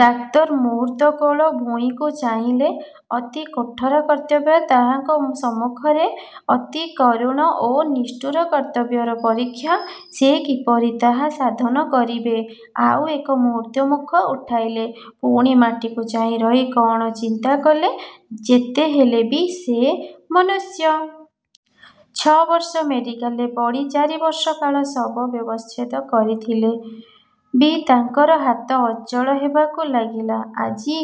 ଡାକ୍ତର ମୁହୂର୍ତ୍ତେକାଳ ଭୂଇଁକୁ ଚାହିଁଲେ। ଅତି କଠୋର କର୍ତ୍ତବ୍ୟ ତାହାଙ୍କ ସମ୍ମୁଖରେ। ଅତି କରୁଣ ଓ ନିଷ୍ଠୁର କର୍ତ୍ତବ୍ୟର ପରୀକ୍ଷା। ସେ କିପରି ତାହା ସାଧନ କରିବେ। ଆଉ ଏକ ମୁହୂର୍ତ୍ତ ମୁଖ ଉଠାଇଲେ। ପୁଣି ମାଟିକୁ ଚାହିଁ ରହି କ'ଣ ଚିନ୍ତା କଲେ। ଯେତେହେଲେ ବି ସେ ମନୁଷ୍ୟ। ଛ' ବର୍ଷ ମେଡିକାଲରେ ପଢ଼ି ଚାରିବର୍ଷ କାଳ ଶବ ବ୍ୟବଚ୍ଛେଦ କରିଥିଲେ ବି ତାଙ୍କର ହାତ ଅଚଳ ହେବାକୁ ଲାଗିଲା। ଆଜି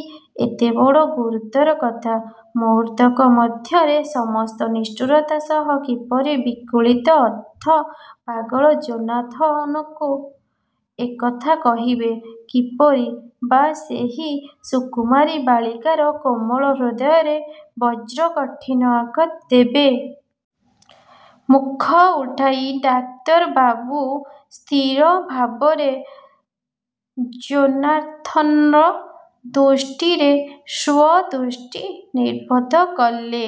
ଏତେବଡ଼ ଗୁରୁତର କଥା। ମୁହୂର୍ତ୍ତକମଧ୍ୟରେ ସମସ୍ତ ନିଷ୍ଠୁରତା ସହ କିପରି ବ୍ୟକୁଳିତ ଅର୍ଦ୍ଧ-ପାଗଳ ଯୋନାଥନ୍କୁ ଏକଥା କହିବେ। କିପରି ବା ସେହି ସୁକୁମାରୀ ବାଳିକାର କୋମଳ ହୃଦୟରେ ବଜ୍ରକଠିନ ଆଘାତ ଦେବେ! ମୁଖ ଉଠାଇ ଡାକ୍ତରବାବୁ ସ୍ଥିର- ଭାବରେ ଯୋନାଥନ୍ର ଦୁଷ୍ଟିରେ ସ୍ୱ ଦୁଷ୍ଟି ନିବଦ୍ଧ କଲେ।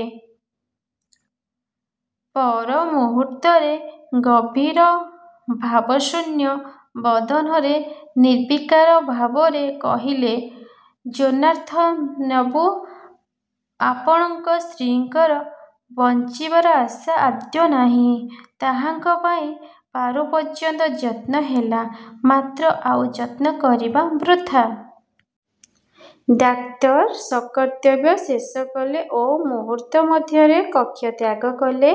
ପରମୁହୂର୍ତ୍ତରେ ଗମ୍ଭୀର ଭାବଶୂନ୍ୟ ବଦନରେ ନିର୍ବିକାର ଭାବରେ କହିଲେ "ଯୋନାଥନ୍ବାବୁ, ଆପଣଙ୍କ ସ୍ତ୍ରୀଙ୍କର ବଞ୍ଚିବାର ଆଶା ଆଦୌ ନାହିଁ। ତାହାଙ୍କ ପାଇଁ ପାରୁପର୍ଯ୍ୟନ୍ତ ଯତ୍ନ ହେଲା; ମାତ୍ର ଆଉ ଯତ୍ନ କରିବା ବୃଥା। " ଡାକ୍ତର ସ୍ୱକର୍ତ୍ତବ୍ୟ ଶେଷ କଲେ ଓ ମୁହୂର୍ତ୍ତ ମଧ୍ୟରେ କକ୍ଷ ତ୍ୟାଗକଲେ।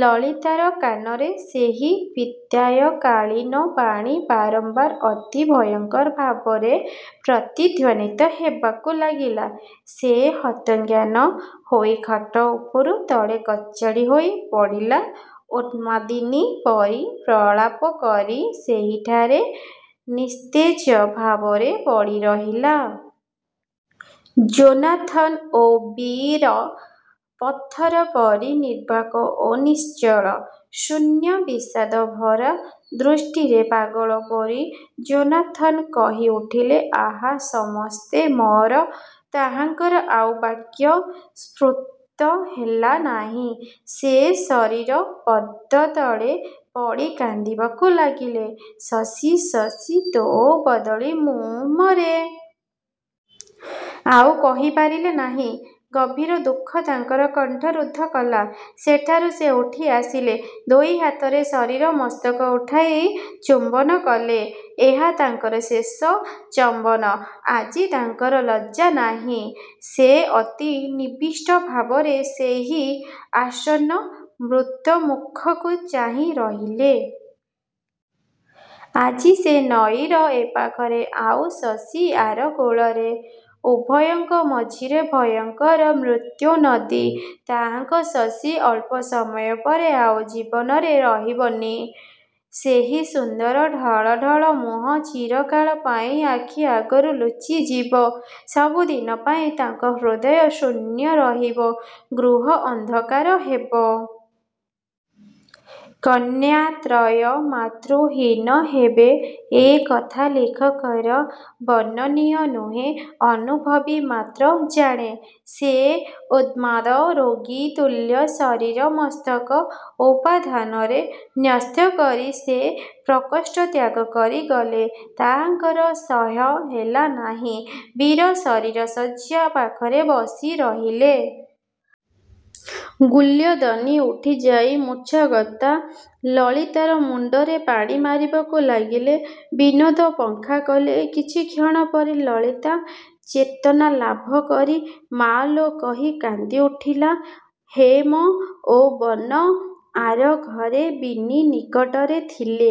ଲଳିତାର କାନରେ ସେହି ବିଦାୟକାଳୀନ ବାଣୀ ବାରମ୍ୱାର ଅତି ଭୟଙ୍କର ଭାବରେ ପ୍ରତିଧ୍ୱନିତ ହେବାକୁ ଲାଗିଲା। ସେ ହତଜ୍ଞାନ ହୋଇ ଖଟ ଉପରୁ ତଳେ କଚାଡ଼ି ହୋଇ ପଡ଼ିଲା। ଉନ୍ମାଦିନୀ ପରି ପ୍ରଳାପ କରି ସେହିଠାରେ ନିସ୍ତେଜ ଭାବରେ ପଡ଼ି ରହିଲା। ଯୋନାଥନ୍ ଓ ବୀର ପଥର ପରି ନିର୍ବାକ ଓ ନିଶ୍ଚଳ। ଶୂନ୍ୟ ବିଷାଦଭରା ଦୃଷ୍ଟିରେ ପାଗଳପରି ଯୋନାଥନ୍ କହି ଉଠିଲେ "ଆହା, ସମସ୍ତେ ମର। " ତାହାଙ୍କର ଆଉ ବାକ୍ୟ ସ୍ଫୁର୍ତ୍ତ ହେଲା ନାହିଁ। ସେ ଶଶୀର ପଦତଳେ ପଡ଼ି କାନ୍ଦିବାକୁ ଲାଗିଲେ। "ଶଶୀ, ଶଶୀ ତୋ ବଦଳି ମୁଁ ମରେ। " ଆଉ କହିପାରିଲେ ନାହିଁ। ଗଭୀର ଦୁଃଖ ତାଙ୍କର କଣ୍ଠ ରୁଦ୍ଧ କଲା। ସେଠାରୁ ସେ ଉଠି ଆସିଲେ। ଦୁଇ ହାତରେ ଶଶୀର ମସ୍ତକ ଉଠାଇ ଚୁମ୍ୱନ କଲେ। ଏହା ତାହାଙ୍କର ଶେଷ ଚମ୍ୱନ। ଆଜି ତାଙ୍କର ଲଜ୍ଜା ନାହିଁ। ସେ ଅତି ନିବିଷ୍ଟ ଭାବରେ ସେହି ଆସନ୍ନ ମୃତ୍ୟୁମୁଖକୁ ଚାହିଁ ରହିଲେ। ଆଜି ସେ ନଈର ଏପାଖରେ, ଆଉ ଶଶୀ ଆର କୂଳରେ। ଉଭୟଙ୍କ ମଝିରେ ଭୟଙ୍କର ମୃତ୍ୟୁନଦୀ। ତାହାଙ୍କ ଶଶୀ ଅଳ୍ପ ସମୟ ପରେ ଆଉ ଜୀବନରେ ରହିବନି। ସେହି ସୁନ୍ଦର ଢଳଢଳ ମୁହଁ ଚିରକାଳ ପାଇଁ ଆଖିଆଗରୁ ଲୁଚି ଯିବ। ସବୁଦିନ ପାଇଁ ତାଙ୍କ ହୃଦୟ ଶୂନ୍ୟ ରହିବ, ଗୃହ ଅନ୍ଧାକର ହେବ। କନ୍ୟାତ୍ରୟ ମାତୃହୀନ ହେବେ। ଏ କଥା ଲେଖକର ବର୍ଣ୍ଣନୀୟ ନୁହେଁ ଅନୁଭବୀ ମାତ୍ର ଜାଣେ। ସେ ଉନ୍ମାଦ ରୋଗୀ ତୁଲ୍ୟ ଶଶୀର ମସ୍ତକ ଉପାଧାନରେ ନ୍ୟସ୍ତକରି ସେ ପ୍ରକୋଷ୍ଠ ତ୍ୟାଗ କରିଗଲେ। ତାହାଙ୍କର ସହ୍ୟ ହେଲା ନାହିଁ। ବୀର ଶଶୀର ଶଯ୍ୟା ପାଖରେ ବସି ରହିଲେ। ଗୁଲ୍ବଦନୀ ଉଠିଯାଇ ମୂର୍ଚ୍ଛାଗତା ଲଳିତାର ମୁଣ୍ଡରେ ପାଣି ମାରିବାକୁ ଲାଗିଲେ। ବିନୋଦ ପଙ୍ଖା କଲେ। କିଛିକ୍ଷଣ ପରେ ଲଳିତା ଚେତନା ଲାଭ କରି ମା'ଲୋ କହି କାନ୍ଦିଉଠିଲା। ହେମ ଓ ବନ ଆର ଘରେ ବିନି ନିକଟରେ ଥିଲେ।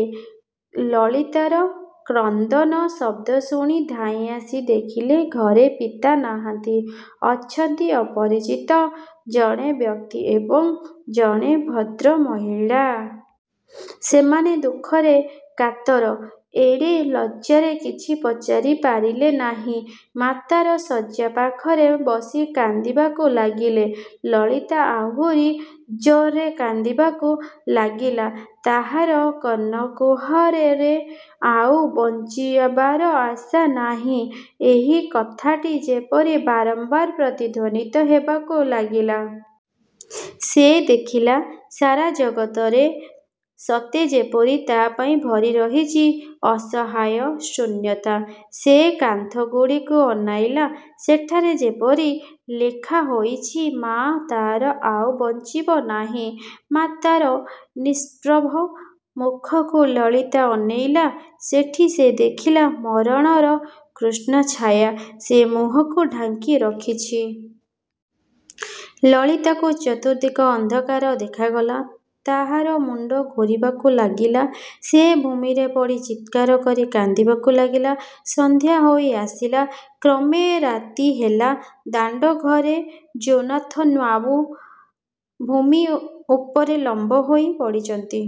ଲଳିତାର କ୍ରନ୍ଦନ ଶବ୍ଦ ଶୁଣି ଧାଇଁ ଆସି ଦେଖିଲେ ଘରେ ପିତା ନାହାନ୍ତି; ଅଛନ୍ତି ଅପରିଚିତ ଜଣେ ବ୍ୟକ୍ତି ଏବଂ ଜଣେ ଭଦ୍ରମହିଳା। ସେମାନେ ଦୁଃଖରେ କାତର। ଏଣେ ଲଜ୍ଜାରେ କିଛି ପଚାରି ପାରିଲେ ନାହିଁ। ମାତାର ଶଯ୍ୟା ପାଖରେ ବସି କାନ୍ଦିବାକୁ ଲାଗିଲେ-। ଲଳିତା ଆହୁରି ଜୋର୍ରେ କାନ୍ଦିବାକୁ ଲାଗିଲା। ତାହାର କର୍ଣ୍ଣକୁହରରେ "ଆଉ ବଞ୍ଚିବାର ଆଶା ନାହିଁ" ଏହି କଥାଟି ଯେପରି ବାରମ୍ୱାର ପ୍ରତିଧ୍ୱନିତ ହେବାକୁ ଲାଗିଲା। ସେ ଦେଖିଲା, ସାରା ଜଗତରେ ସତେ ଯେପରି ତା' ପାଇଁ ଭରି ରହିଚି ଅସହାୟ ଶୂନ୍ୟତା। ସେ କାନ୍ଥଗୁଡ଼ିକୁ ଅନାଇଲା ସେଠାରେ ଯେପରି ଲେଖାହୋଇଚି ମା ତାର ଆଉ ବଞ୍ଚିବ ନାହିଁ। ମାତାର ନିଷ୍ପ୍ରଭ ମୁଖକୁ ଲଳିତା ଅନେଇଲା। ସେଠି ସେ ଦେଖିଲା ମରଣର କୃଷ୍ଣଛାୟା ସେ ମୁହଁକୁ ଢାଙ୍କି ରଖିଚି। ଲଳିତାକୁ ଚତୁର୍ଦ୍ଦିଗ ଅନ୍ଧକାର ଦେଖାଗଲା। ତାହାର ମୁଣ୍ଡ ଘୂରିବାକୁ ଲାଗିଲା। ସେ ଭୂମିରେ ପଡ଼ି ଚିତ୍କାର କରି କାନ୍ଦିବାକୁ ଲାଗିଲା। ସଂଧ୍ୟା ହୋଇ ଆସିଲା। କ୍ରମେ ରାତି ହେଲା। ଦାଣ୍ଡଘରେ ଯୋନାଥନ୍ବାବୁ ଭୂମି ଉପରେ ଲମ୍ୱ ହୋଇ ପଡ଼ିଚନ୍ତି।